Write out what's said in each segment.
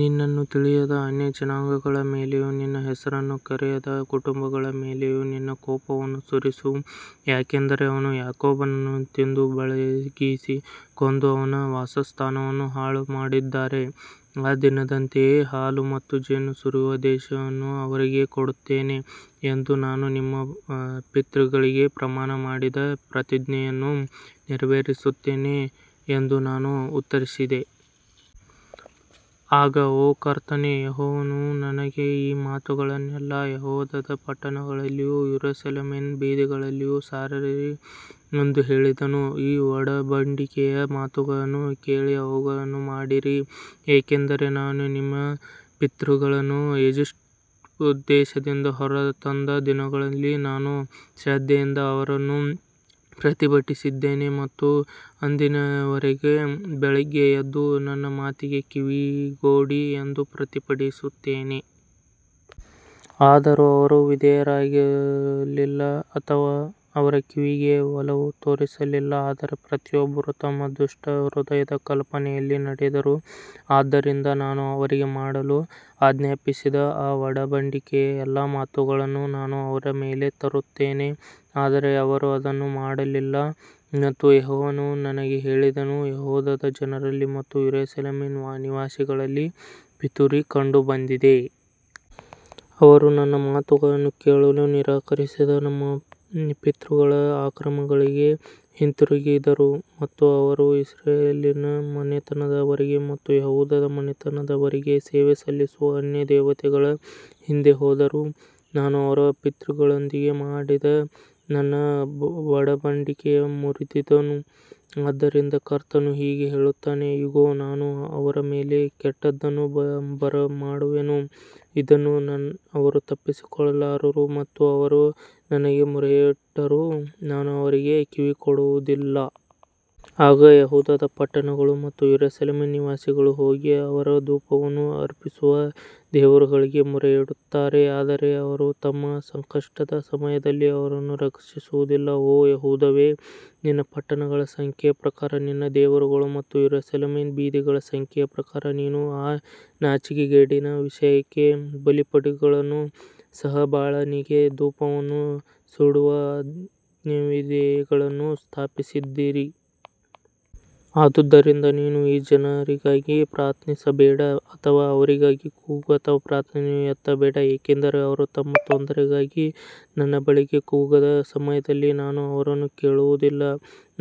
ನಿನ್ನನ್ನು ತಿಳಿಯದ ಅನ್ಯಜನಾಂಗಗಳ ಮೇಲೆಯೂ ನಿನ್ನ ಹೆಸರನ್ನು ಕರೆಯದ ಕುಟುಂಬಗಳ ಮೇಲೆಯೂ ನಿನ್ನ ಕೋಪವನ್ನು ಸುರಿಸು, ಯಾಕಂದರೆ ಅವರು ಯಾಕೋಬನನ್ನು ತಿಂದು ಕಬಳಿಸಿ ಕೊಂದು ಅವನ ವಾಸಸ್ಥಾನವನ್ನು ಹಾಳುಮಾಡಿದ್ದಾರೆ. ಈ ದಿನದಂತೆಯೇ ಹಾಲು ಮತ್ತು ಜೇನು ಹರಿಯುವ ದೇಶವನ್ನು ಅವರಿಗೆ ಕೊಡುತ್ತೇನೆ ಎಂದು ನಾನು ನಿಮ್ಮ ಪಿತೃಗಳಿಗೆ ಪ್ರಮಾಣ ಮಾಡಿದ ಪ್ರತಿಜ್ಞೆಯನ್ನು ನೆರವೇರಿಸುತ್ತೇನೆ ಎಂದು ನಾನು ಉತ್ತರಿಸಿದೆ. ಆಗ ಓ ಕರ್ತನೇ, ಯೆಹೋವನು ನನಗೆ ಈ ಮಾತುಗಳನ್ನೆಲ್ಲಾ ಯೆಹೂದದ ಪಟ್ಟಣಗಳಲ್ಲಿಯೂ ಯೆರೂಸಲೇಮಿನ ಬೀದಿಗಳಲ್ಲಿಯೂ ಸಾರಿರಿ ಎಂದು ಹೇಳಿದನು. ಈ ಒಡಂಬಡಿಕೆಯ ಮಾತುಗಳನ್ನು ಕೇಳಿ ಅವುಗಳನ್ನು ಮಾಡಿರಿ, ಯಾಕಂದರೆ ನಾನು ನಿಮ್ಮ ಪಿತೃಗಳನ್ನು ಈಜಿಪ್ಟ್ ದೇಶದಿಂದ ಹೊರತಂದ ದಿನದಲ್ಲಿ ನಾನು ಶ್ರದ್ಧೆಯಿಂದ ಅವರನ್ನು ಪ್ರತಿಭಟಿಸಿದ್ದೇನೆ ಮತ್ತು ಇಂದಿನವರೆಗೂ ಬೆಳಿಗ್ಗೆ ಎದ್ದು ನನ್ನ ಮಾತಿಗೆ ಕಿವಿಗೊಡಿ ಎಂದು ಪ್ರತಿಭಟಿಸುತ್ತೇನೆ. ಆದರೂ ಅವರು ವಿಧೇಯರಾಗಲಿಲ್ಲ ಅಥವಾ ಅವರ ಕಿವಿಗೆ ಒಲವು ತೋರಿಸಲಿಲ್ಲ, ಆದರೆ ಪ್ರತಿಯೊಬ್ಬರೂ ತಮ್ಮ ದುಷ್ಟ ಹೃದಯದ ಕಲ್ಪನೆಯಲ್ಲಿ ನಡೆದರು, ಆದ್ದರಿಂದ ನಾನು ಅವರಿಗೆ ಮಾಡಲು ಆಜ್ಞಾಪಿಸಿದ ಈ ಒಡಂಬಡಿಕೆಯ ಎಲ್ಲಾ ಮಾತುಗಳನ್ನು ನಾನು ಅವರ ಮೇಲೆ ತರುತ್ತೇನೆ, ಆದರೆ ಅವರು ಅದನ್ನು ಮಾಡಲಿಲ್ಲ. ಮತ್ತು ಯೆಹೋವನು ನನಗೆ ಹೇಳಿದನು, ಯೆಹೂದದ ಜನರಲ್ಲಿ ಮತ್ತು ಯೆರೂಸಲೇಮಿನ ನಿವಾಸಿಗಳಲ್ಲಿ ಪಿತೂರಿ ಕಂಡುಬಂದಿದೆ. ಅವರು ನನ್ನ ಮಾತುಗಳನ್ನು ಕೇಳಲು ನಿರಾಕರಿಸಿದ ತಮ್ಮ ಪಿತೃಗಳ ಅಕ್ರಮಗಳಿಗೆ ಹಿಂತಿರುಗಿದರು ಮತ್ತು ಅವರು ಇಸ್ರಾಯೇಲ್ ಮನೆತನದವರಿಗೆ ಮತ್ತು ಯೆಹೂದದ ಮನೆತನದವರಿಗೆ ಸೇವೆ ಸಲ್ಲಿಸಲು ಅನ್ಯದೇವತೆಗಳ ಹಿಂದೆ ಹೋದರು, ನಾನು ಅವರ ಪಿತೃಗಳೊಂದಿಗೆ ಮಾಡಿದ ನನ್ನ ಒಡಂಬಡಿಕೆಯನ್ನು ಮುರಿದರು. ಆದದರಿಂದ ಕರ್ತನು ಹೀಗೆ ಹೇಳುತ್ತಾನೆ, ಇಗೋ, ನಾನು ಅವರ ಮೇಲೆ ಕೆಟ್ಟದ್ದನ್ನು ಬರಮಾಡುವೆನು, ಅದನ್ನು ಅವರು ತಪ್ಪಿಸಿಕೊಳ್ಳಲಾರರು ಮತ್ತು ಅವರು ನನಗೆ ಮೊರೆಯಿಟ್ಟರೂ ನಾನು ಅವರಿಗೆ ಕಿವಿಗೊಡುವುದಿಲ್ಲ. ಆಗ ಯೆಹೂದದ ಪಟ್ಟಣಗಳು ಮತ್ತು ಯೆರೂಸಲೇಮಿನ ನಿವಾಸಿಗಳು ಹೋಗಿ ಅವರು ಧೂಪವನ್ನು ಅರ್ಪಿಸುವ ದೇವರುಗಳಿಗೆ ಮೊರೆಯಿಡುತ್ತಾರೆ, ಆದರೆ ಅವರು ತಮ್ಮ ಸಂಕಷ್ಟದ ಸಮಯದಲ್ಲಿ ಅವರನ್ನು ರಕ್ಷಿಸುವುದಿಲ್ಲ. ಓ ಯೆಹೂದವೇ, ನಿನ್ನ ಪಟ್ಟಣಗಳ ಸಂಖ್ಯೆಯ ಪ್ರಕಾರ ನಿನ್ನ ದೇವರುಗಳು ಮತ್ತು ಯೆರೂಸಲೇಮಿನ ಬೀದಿಗಳ ಸಂಖ್ಯೆಯ ಪ್ರಕಾರ ನೀವು ಆ ನಾಚಿಕೆಗೇಡಿನ ವಿಷಯಕ್ಕೆ ಬಲಿಪೀಠಗಳನ್ನು ಸಹ ಬಾಳನಿಗೆ ಧೂಪವನ್ನು ಸುಡುವ ಯಜ್ಞವೇದಿಗಳನ್ನು ಸ್ಥಾಪಿಸಿದ್ದೀರಿ. ಆದುದರಿಂದ ನೀನು ಈ ಜನರಿಗಾಗಿ ಪ್ರಾರ್ಥಿಸಬೇಡ ಅಥವಾ ಅವರಿಗಾಗಿ ಕೂಗು ಅಥವಾ ಪ್ರಾರ್ಥನೆಯನ್ನು ಎತ್ತಬೇಡ, ಏಕೆಂದರೆ ಅವರು ತಮ್ಮ ತೊಂದರೆಗಾಗಿ ನನ್ನ ಬಳಿಗೆ ಕೂಗುವ ಸಮಯದಲ್ಲಿ ನಾನು ಅವರನ್ನು ಕೇಳುವುದಿಲ್ಲ.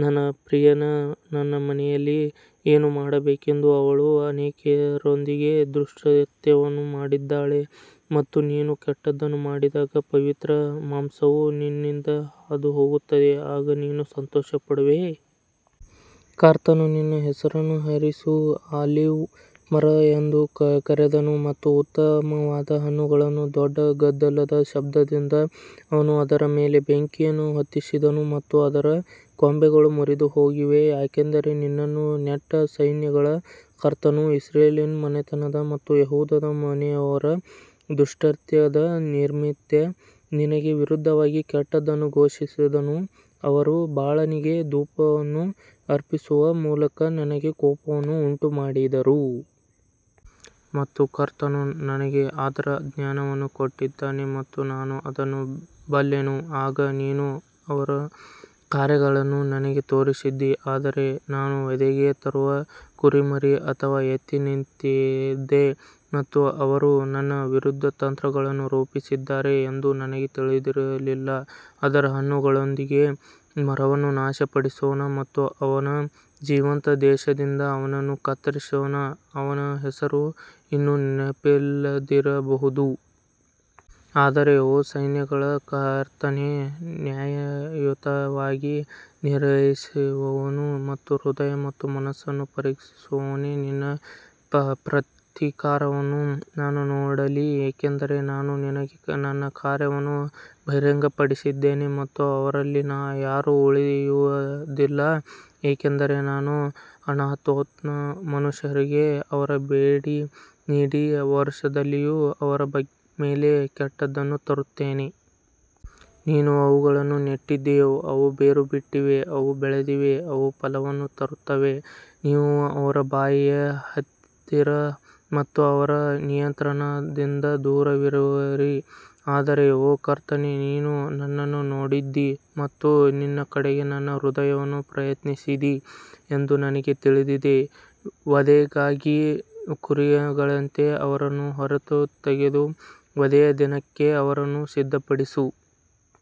ನನ್ನ ಪ್ರಿಯನು ನನ್ನ ಮನೆಯಲ್ಲಿ ಏನು ಮಾಡಬೇಕೆಂದು ಅವಳು ಅನೇಕರೊಂದಿಗೆ ದುಷ್ಕೃತ್ಯವನ್ನು ಮಾಡಿದ್ದಾಳೆ ಮತ್ತು ನೀನು ಕೆಟ್ಟದ್ದನ್ನು ಮಾಡಿದಾಗ ಪವಿತ್ರ ಮಾಂಸವು ನಿನ್ನಿಂದ ಹಾದುಹೋಗುತ್ತದೆ, ಆಗ ನೀನು ಸಂತೋಷಪಡುವೆ. ಕರ್ತನು ನಿನ್ನ ಹೆಸರನ್ನು ಹಸಿರು ಆಲಿವ್ ಮರ ಎಂದು ಕರೆದನು ಮತ್ತು ಉತ್ತಮವಾದ ಹಣ್ಣುಗಳನ್ನು ದೊಡ್ಡ ಗದ್ದಲದ ಶಬ್ದದಿಂದ ಅವನು ಅದರ ಮೇಲೆ ಬೆಂಕಿಯನ್ನು ಹೊತ್ತಿಸಿದನು ಮತ್ತು ಅದರ ಕೊಂಬೆಗಳು ಮುರಿದುಹೋಗಿವೆ. ಯಾಕಂದರೆ ನಿನ್ನನ್ನು ನೆಟ್ಟ ಸೈನ್ಯಗಳ ಕರ್ತನು ಇಸ್ರಾಯೇಲ್ ಮನೆತನದ ಮತ್ತು ಯೆಹೂದದ ಮನೆಯವರ ದುಷ್ಕೃತ್ಯದ ನಿಮಿತ್ತ ನಿನಗೆ ವಿರುದ್ಧವಾಗಿ ಕೆಟ್ಟದ್ದನ್ನು ಘೋಷಿಸಿದನು, ಅವರು ಬಾಳನಿಗೆ ಧೂಪವನ್ನು ಅರ್ಪಿಸುವ ಮೂಲಕ ನನಗೆ ಕೋಪವನ್ನು ಉಂಟುಮಾಡಿದರು. ಮತ್ತು ಕರ್ತನು ನನಗೆ ಅದರ ಜ್ಞಾನವನ್ನು ಕೊಟ್ಟಿದ್ದಾನೆ ಮತ್ತು ನಾನು ಅದನ್ನು ಬಲ್ಲೆನು, ಆಗ ನೀನು ಅವರ ಕಾರ್ಯಗಳನ್ನು ನನಗೆ ತೋರಿಸಿದ್ದೀ. ಆದರೆ ನಾನು ವಧೆಗೆ ತರುವ ಕುರಿಮರಿ ಅಥವಾ ಎತ್ತಿನಂತಿದ್ದೆ ಮತ್ತು ಅವರು ನನ್ನ ವಿರುದ್ಧ ತಂತ್ರಗಳನ್ನು ರೂಪಿಸಿದ್ದಾರೆ ಎಂದು ನನಗೆ ತಿಳಿದಿರಲಿಲ್ಲ. ಅದರ ಹಣ್ಣುಗಳೊಂದಿಗೆ ಮರವನ್ನು ನಾಶಪಡಿಸೋಣ ಮತ್ತು ಅವನ ಜೀವಂತ ದೇಶದಿಂದ ಅವನನ್ನು ಕತ್ತರಿಸೋಣ, ಅವನ ಹೆಸರು ಇನ್ನು ನೆನಪಿಲ್ಲದಿರಬಹುದು. ಆದರೆ ಓ ಸೈನ್ಯಗಳ ಕರ್ತನೇ, ನ್ಯಾಯಯುತವಾಗಿ ನಿರ್ಣಯಿಸುವವನು ಮತ್ತು ಹೃದಯ ಮತ್ತು ಮನಸ್ಸನ್ನು ಪರೀಕ್ಷಿಸುವವನೇ, ನಿನ್ನ ಪ್ರತೀಕಾರವನ್ನು ನಾನು ನೋಡಲಿ, ಏಕೆಂದರೆ ನಾನು ನಿನಗೆ ನನ್ನ ಕಾರಣವನ್ನು ಬಹಿರಂಗಪಡಿಸಿದ್ದೇನೆ. ಮತ್ತು ಅವರಲ್ಲಿ ಯಾರೂ ಉಳಿಯುವದಿಲ್ಲ, ಏಕೆಂದರೆ ನಾನು ಅನಾತೋತ್ನ ಮನುಷ್ಯರಿಗೆ ಅವರು ಭೇಟಿ ನೀಡಿದ ವರ್ಷದಲ್ಲಿಯೂ ಅವರ ಮೇಲೆ ಕೆಟ್ಟದ್ದನ್ನು ತರುತ್ತೇನೆ. ನೀನು ಅವುಗಳನ್ನು ನೆಟ್ಟಿದ್ದೀ, ಅವು ಬೇರು ಬಿಟ್ಟಿವೆ, ಅವು ಬೆಳೆದಿವೆ, ಅವು ಫಲವನ್ನು ತರುತ್ತವೆ. ನೀವು ಅವರ ಬಾಯಿಯ ಹತ್ತಿರ ಮತ್ತು ಅವರ ನಿಯಂತ್ರಣದಿಂದ ದೂರವಿರುವಿರಿ. ಆದರೆ ಓ ಕರ್ತನೇ, ನೀನು ನನ್ನನ್ನು ನೋಡಿದ್ದೀ ಮತ್ತು ನಿನ್ನ ಕಡೆಗೆ ನನ್ನ ಹೃದಯವನ್ನು ಪ್ರಯತ್ನಿಸಿದೆ ಎಂದು ನನಗೆ ತಿಳಿದಿದೆ. ವಧೆಗಾಗಿ ಕುರಿಗಳಂತೆ ಅವರನ್ನು ಹೊರತೆಗೆದು ವಧೆಯ ದಿನಕ್ಕೆ ಅವರನ್ನು ಸಿದ್ಧಪಡಿಸು.